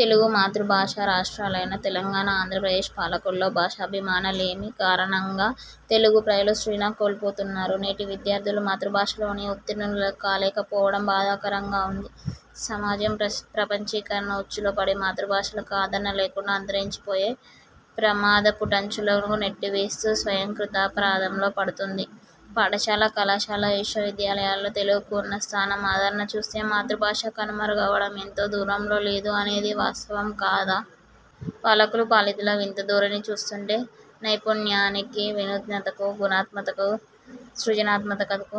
తెలుగు మాతృభాషా రాష్ర్టాలైన తెలంగాణ, ఆంధ్రప్రదేశ్ పాలకుల్లో భాషాభిమానలేమి కారణంగా తెలుగు ప్రజలు సృజన కోల్పోతున్నారు. నేటి విద్యార్థులు మాతృభాషలోనే ఉత్తీర్ణులు కాలేకపోవడం బాధాకరంగా ఉంది. సమాజం ప్రపంచీకరణ ఉచ్చులో పడి మాతృభాషలకు ఆదరణ లేకుండా అంతరించిపోయే ప్రమాదపుటంచులకు నెట్టివేస్తూ స్వయంకృతాపరాథంలో పడుతోంది. పాఠశాల, కళాశాల, విశ్వవిద్యాలయాల్లో తెలుగుకు ఉన్న స్థానం, ఆదరణ చూస్తే, మాతృభాష కనుమరుగవడం ఎంతో దూరంలో లేదు అనేది వాస్తవం కాదా! పాలకులు, పాలితుల, వింత ధోరణి చూస్తుంటే నైపుణ్యానికి, వినూత్నతకు, గుణాత్మకతకు, సృజనాత్మకతకు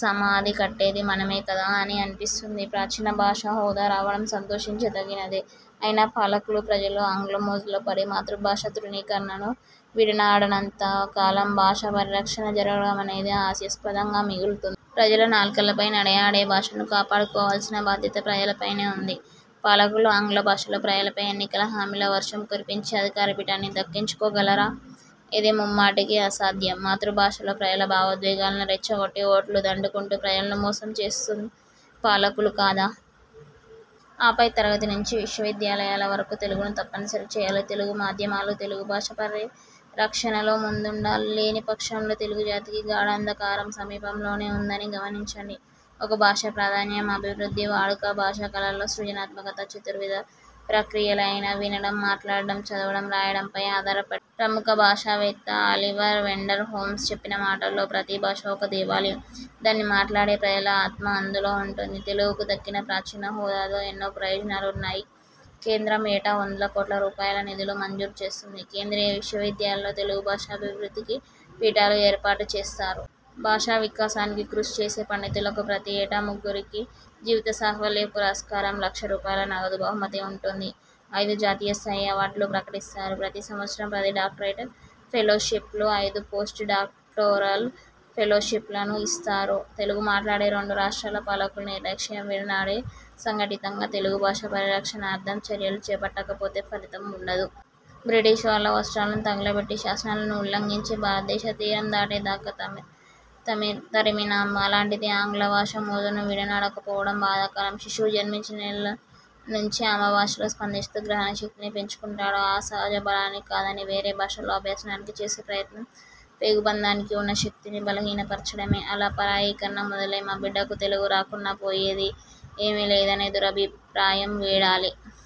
సమాధి కట్టేది మనమే కదా అని అనిపిస్తుంది. ప్రాచీన భాష హోదా రావడం సంతోషించదగినదే. అయినా పాలకులు, ప్రజలు ఆంగ్ల మోజులో పడి మాతృభాష తృణీకరణను విడనాడనంత కాలం భాషా పరిరక్షణ జరగడమనేది హాస్యాస్పదంగా మిగులుతుంది. ప్రజల నాల్కలపై నడయాడే భాషను కాపాడుకోవాల్సిన బాధ్యత ప్రజలపైనే ఉంది. పాలకులు ఆంగ్ల భాషలో ప్రజలపై ఎన్నికల హామీల వర్షం కురిపించి అధికార పీఠాన్ని దక్కించుకోగలరా! ఇది ముమ్మాటికీ అసాధ్యం. మాతృభాషలో ప్రజల భావోద్వేగాలను రెచ్చగొట్టి ఓట్లు దండుకుంటూ ప్రజలను మోసం చేస్తుంది పాలకులు కాదా! ఆపై తరగతి నుంచి విశ్వవిద్యాలయాల వరకు తెలుగును తప్పనిసరి చేయాలి. తెలుగు మాధ్యమాలు తెలుగు భాష పరిరక్షణలో ముందుండాలి. లేని పక్షంలో తెలుగు జాతికి గాడాంధకారం సమీపంలోనే ఉందని గమనించండి. ఒక భాష ప్రాధాన్యం, అభివృద్ధి, వాడుక, భాష కళల్లో సృజనాత్మకత చతుర్విద ప్రక్రియలైన వినడం, మాట్లాడడం, చదవడం, రాయడంపై ఆధారపడి ఉంటుంది. ప్రముఖ భాషావేత్త 'అలివర్ వెండర్ హోమ్స్' చెప్పిన మాటల్లో ప్రతీ భాష ఒక దేవాలయం, దానిని మాట్లాడే ప్రజల ఆత్మ అందులో ఉంటుంది. తెలుగుకు దక్కిన ప్రాచీన హోదాతో ఎన్నో ప్రయోజనాలున్నాయి. కేంద్రం ఏటా వందల కోట్ల రూపాయల నిధులు మంజూరు చేస్తుంది. కేంద్రీయ విశ్వవిద్యాలయాల్లో తెలుగు భాషాభివృద్ధికి పీఠాలు ఏర్పాటు చేస్తారు. భాషా వికాసానికి కృషి చేసే పండితులకు ప్రతి ఏటా ముగ్గురికి జీవిత సాఫల్య పురస్కారం, లక్ష రూపాయల నగదు బహుమతి ఉంటుంది. ఐదు జాతీయ స్థాయి అవార్డులు ప్రకటిస్తారు. ప్రతి సంవత్సరం పది డాక్టరేట్ ఫెలోషిప్లు, ఐదు పోస్ట్ డాక్టోరల్ ఫెలోషిప్లను ఇస్తారు. తెలుగు మాట్లాడే రెండు రాష్ర్టాల పాలకులు నిర్లక్ష్యం విడనాడి సంఘటితంగా తెలుగు భాష పరిరక్షణార్థం చర్యలు చేపట్టకపోతే ఫలితం ఉండదు. బ్రిటిష్ వాళ్ళ వస్ర్తాలను తగలబెట్టి, శాసనాలను ఉల్లంఘించి, భారతదేశ తీరం దాటే దాకా తరిమినాం. అలాంటిది ఆంగ్ల భాష మోజును విడనాడకపోవడం బాధాకరం. శిశువు జన్మించిన నెలల నుంచే అమ్మభాషలో స్పందిస్తూ గ్రహణశక్తిని పెంచుకుంటాడు. ఆ సహజ బలాన్ని కాదని వేరే భాషల్లో అభ్యసనానికి చేసే ప్రయత్నం పేగుబంధానికి ఉన్న శక్తిని బలహీనపరచడమే అలా పరాయీకరణ మొదలై మా బిడ్డకు తెలుగు రాకున్నా పోయేది ఏమీలేదనే దురభిప్రాయం వీడాలి.